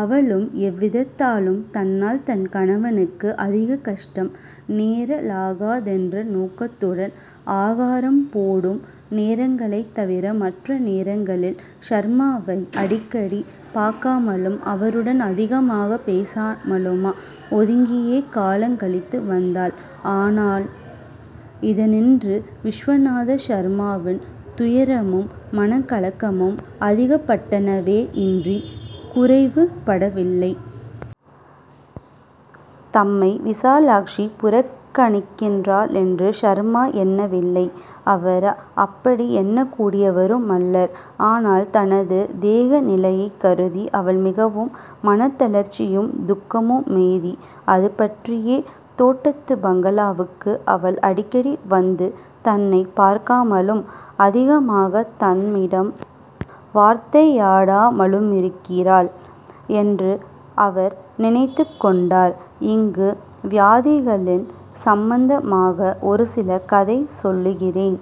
அவளும் எவ்விதத்தாலும் தன்னால் தன் கணவனுக்கு அதிகக் கஷ்டம் நேரலாகாதென்ற நோக்கத்துடன், ஆகாரம் போடும் நேரங்களைத் தவிர மற்ற நேரங்களில், சர்மாவை அடிக்கடி பார்க்காமலும், அவருடன் அதிகமாகப் பேசாமலும் ஒதுங்கியே காலங் கழித்து வந்தாள். ஆனால் இதனின்று விசுவநாத சர்மாவின் துயரமும் மனக்கலக்கமும் அதிகப்பட்டனவேயன்றிக் குறைவு படவில்லை. தம்மை விசாலாட்சி புறக்கணிக்கிறாளென்று சர்மா எண்ணவில்லை. அவர் அப்படி எண்ணக்கூடியவருமல்லர். ஆனால் தனது தேக நிலையைக் கருதி அவள் மிகவும் மனத்தளர்ச்சியும் துக்கமுமெய்தி அதுபற்றியே தோட்டத்துப் பங்களாவுக்கு அவள் அடிக்கடி வந்து தன்னைப் பார்க்காமலும், அதிகமாகத் தன்னிடம் வார்த்தையாடாமலுமிருக்கிறாள் என்று அவர் நினைத்துக் கொண்டார். இங்கு வியாதிகளின் சம்பந்தமாக ஒரு சிறு கதை சொல்லுகிறேன்.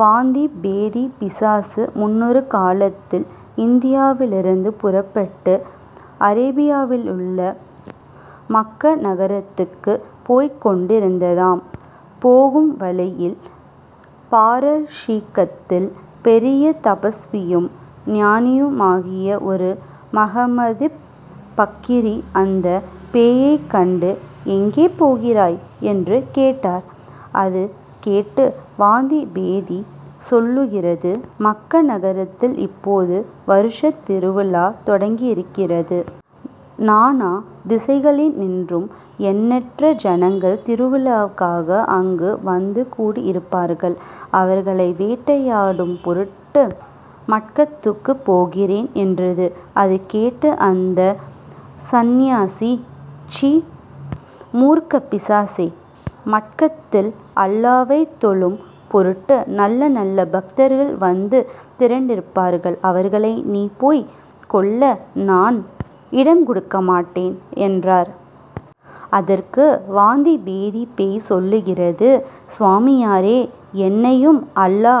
வாந்திப் பேதிப் பிசாசு முன்னொரு காலத்தில் இந்தியாவிலிருந்து புறப்பட்டு அரேபியாவிலுள்ள மக்க நகரத்துக்குப் போய்க் கொண்டிருந்ததாம். போகும் வழியில் பாரஸீகத்தில் பெரிய தபஸ்வியும் ஞானியுமாகிய ஒரு மஹமதிப் பக்கிரி அந்தப் பேயைக் கண்டு ''எங்கே போகிறாய்? '' என்று கேட்டார். அது கேட்டு வாந்தி பேதி சொல்லுகிறது:- ''மக்க நகரத்தில் இப்போது வருஷத் திருவிழா தொடங்கியிருக்கிறது. நானா திசைகளினின்றும் எண்ணற்ற ஜனங்கள் திருவிழாவுக்காக அங்கு வந்து கூடியிருப்பார்கள். அவர்களை வேட்டையாடும் பொருட்டு மக்கட்த்துக்குப் போகிறேன்'' என்றது. அது கேட்டு அந்த சந்நியாசி:- ''சிச்சீ! மூர்க்கப் பிசாசே! மக்கத்தில் அல்லாவைத் தொழும் பொருட்டு நல்ல நல்ல பக்தர்கள் வந்து திரண்டிருப்பார்கள். அவர்களை நீ போய்க் கொல்ல நான் இடங் கொடுக்கமாட்டேன்'' என்றார். அதற்கு வாந்திபேதிப் பேய் சொல்லுகிறது:- ''சுவாமியாரே, என்னையும் அல்லா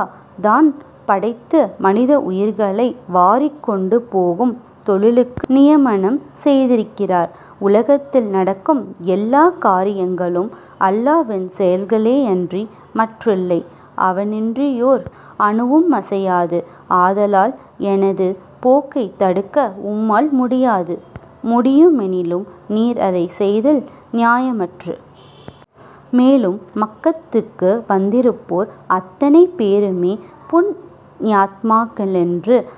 தான் படைத்து மனித உயிர்களை வாரிக்கொண்டு போகும் தொழிலுக்கு நியமனம் செய்திருக்கிறார். உலகத்தில் நடக்கும் எல்லாக் காரியங்களும் அல்லாவின் செயல்களேயன்றி மற்றில்லை. அவனின்றியோர் அணுவுமசையாது. ஆதலால் எனது போக்கைத் தடுக்க உம்மால் முடியாது. முடியுமெனிலும் நீர் அதனைச் செய்தல் நியாயமன்று. மேலும் மக்கத்துக்கு வந்திருப்போர் அத்தனை பேருமே புண்யாத்மாக்களென்றும்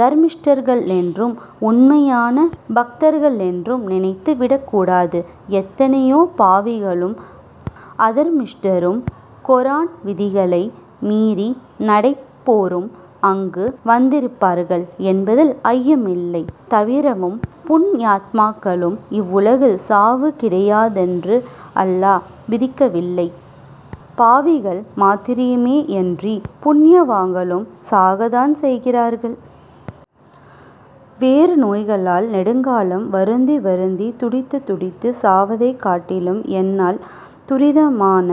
தர்மிஷ்டர்களென்றும் உண்மையான பக்தர்களென்றும் நினைத்து விடக்கூடாது. எத்தனையோ பாவிகளும், அதர்மிஷ்டரும், கொரான் விதிகளை மீறி நடப்போரும் அங்கு வந்திருப்பார்கள் என்பதில் ஐயமில்லை. தவிரவும் புண்யாத்மாக்களுக்கு இவ்வுலகில் சாவு கிடையாதென்று அல்லா விதிக்கவில்லை. பாவிகள் மாத்திரமேயன்றி புண்யவான்களும் சாகத்தான் செய்கிறார்கள். வேறு நோய்களால் நெடுங்காலம் வருந்தி வருந்தித் துடித்துத் துடித்துச் சாவதைக் காட்டிலும் என்னால் துரிதமான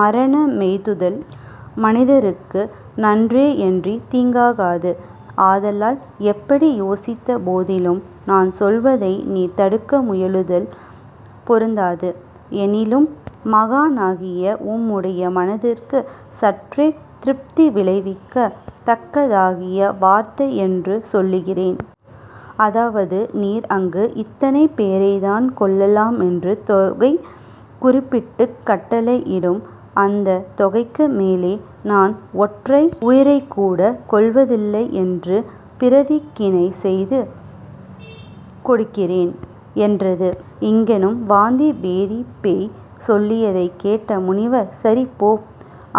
மரணமெய்துதல் மனிதருக்கு நன்றேயன்றித் தீங்காகாது. ஆதலால் எப்படி யோசித்த போதிலும், நான் சொல்வதை நீர் தடுக்க முயலுதல் பொருந்தாது. எனிலும், மகானாகிய உம்முடைய மனதுக்குச் சற்றே திருப்தி விளைவிக்கத் தக்கதாகிய வார்த்தையன்று சொல்லுகிறேன். அதாவது, நீர் அங்கு இத்தனை பேரைத்தான் கொல்லலாமென்று தொகை குறிப்பிட்டுக் கட்டளையிடும். அந்தத் தொகைக்கு மேலே நான் ஒற்றை உயிரைக்கூடக் கொல்வதில்லையென்று பிரதிக்கினை செய்து கொடுக்கிறேன்'' என்றது. இங்ஙனம் வாந்தி பேதிப் பேய் சொல்லியதைக் கேட்ட முனிவர்-''சரி; போ.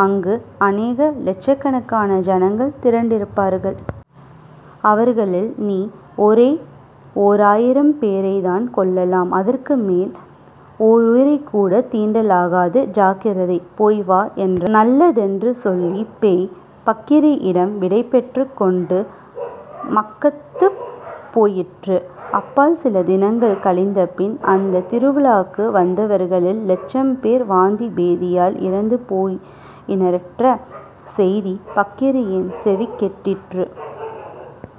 அங்கு அநேக லட்சகணக்கான ஜனங்கள் திரண்டிருப்பார்கள். அவர்களில் நீ ஒரே ஓராயிரம் பேரைத் தான் கொல்லலாம். அதற்கு மேல் ஓருயிரைக்கூடத் தீண்டலாகாது. ஜாக்கிரதை! போய் வா'' என்றார். நல்லதென்று சொல்லிப் பேய் பக்கிரியிடம் விடைபெற்றுக் கொண்டு மக்கத்துக்குப் போயிற்று. அப்பால் சில தினங்கள் கழிந்தபின், அந்தத் திருவிழாவுக்கு வந்தவர்களில் லட்சம் பேர் வாந்தி பேதியால் இறந்து போயினரென்ற செய்தி பக்கரியின் செவிக்கெட்டிற்று.